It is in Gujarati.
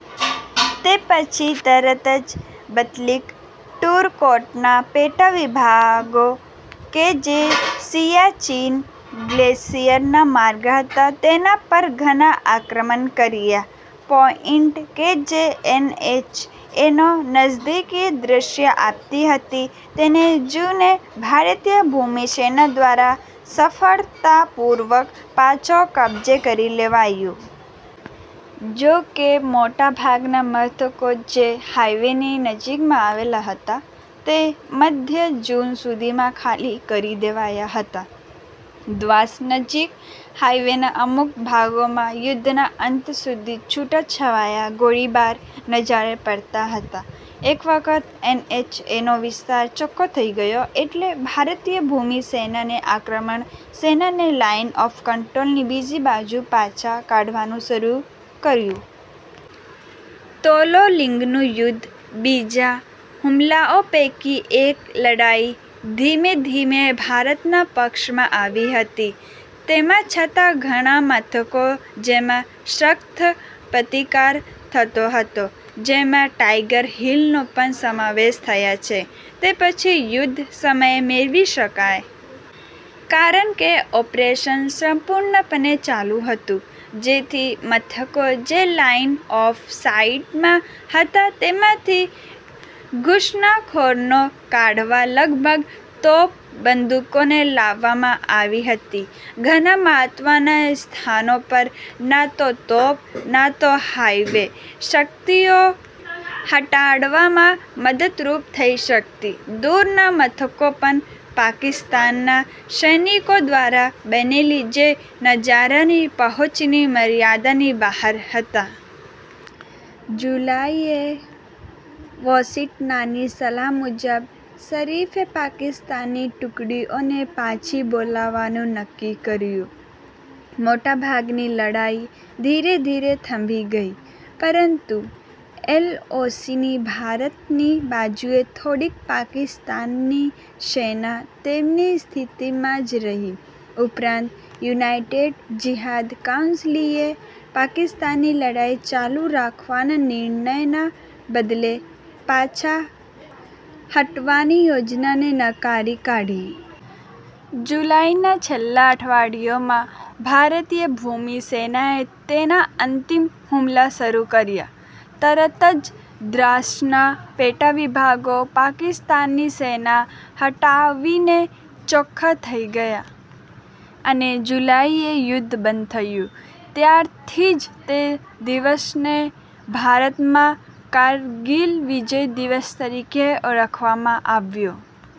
તે પછી તરત જ બતલીક-ટૂરકોટના પેટાવિભાગો, કે જે સિયાચીન ગ્લેસિયરના માર્ગ હતા, તેના પર ઘના આક્રમન કરીયા. પોઈન્ટ કે જે એનએચ એ નો નજદીકી દૃશ્ય આપતી હતી તેને જૂને ભારતીય ભૂમિ સેના દ્વારા સફળતાપૂર્વક પાછો કબજે કરી લેવાયું. જો કે મોટાભાગના મથકો જે હાઈવેની નજીકમાં આવેલા હતા તે મધ્ય જૂન સુધીમાં ખાલી કરી દેવાયા હતા, દ્વાસ નજીક હાઇવેના અમુક ભાગોમાં યુદ્ધના અંત સુધી છૂટાછવાયા ગોળીબાર નજારે પડતા હતા. એક વખત એનએચ એનો વિસ્તાર ચોખ્ખો થઈ ગયો, એટલે ભારતીય ભૂમિ સેનાને આક્રમણ સેનાને લાઈન ઓફ કંટ્રોલની બીજી બાજુ પાછા કાઢવાનું શરૂ કર્યું. તોલોલીંગનું યુદ્ધ, બીજા હુમલાઓ પૈકી એક, લડાઈ ધીમેધીમે ભારતના પક્ષમાં આવી હતી. તેમા છતાં, ઘણા મથકો જેમાં સખ્ત પ્રતિકાર થતો હતો, જેમાં ટાઈગર હીલ નો પણ સમાવેશ થયા છે, તે પછી યુદ્ધ સમયે મેળવી શકાય. કારન કે ઓપરેશન સંપૂર્નપને ચાલું હતું જેથી, મથકો જે લાઇન-ઓફ-સાઇટમાં હતા તેમાંથી ઘુસ્નખોરનો કાઢવા લગભગ તોપ બંદુકોને લાવવામાં આવી હતી. ઘના મહત્વના સ્થાનો પર, ના તો તોપ ના તો હવાઈ શકિતઓ હટાડવામાં મદદરૂપ થઈ શકતી, દૂરના મથકો પન પાકિસ્તાનના સૈનિકો દ્વારા બેનેલી જે નજારાની પહોંચની મર્યાદાની બહાર હતા. જુલાઈ એ, વોશીંકનાની સલાહ મુજબ, શરીફે પાકિસ્તાનની ટુકડીઓને પાછી બોલાવવાનું નક્કી કર્યું, મોટાભાગની લડાઈ ધીરે ધીરે થંભી ગઈ, પરંતુ એલઓસીની ભારતની બાજુએ થોડીક પાકિસ્તાનની સેના તેમની સ્થિતિમાં જ રહી. ઉપરાંત, યુનાઈટેડ જીહાદ કાઉન્સલિએ પાકિસ્તાનની લડાઈ ચાલુ રાખવાના નિર્ણયના બદલે, પાછા હટવાની યોજનાને નકારી કાઢી. જુલાઈના છેલ્લા અઠવાડિયાઓમાં ભારતીય ભૂમિ સેનાએ તેના અંતિમ હુમલા શરૂ કર્યા, તરત જ દ્રાસના પેટાવિભાગો પાકિસ્તાનની સેના હટાવીને ચોખ્ખા થઈ ગયા, અને જુલાઈએ યુદ્ધ બંધ થયું. ત્યારથી જ તે દિવસને ભારતમાં કારગીલ વિજય દિવસ તરીકે ઓળખવામાં આવ્યો.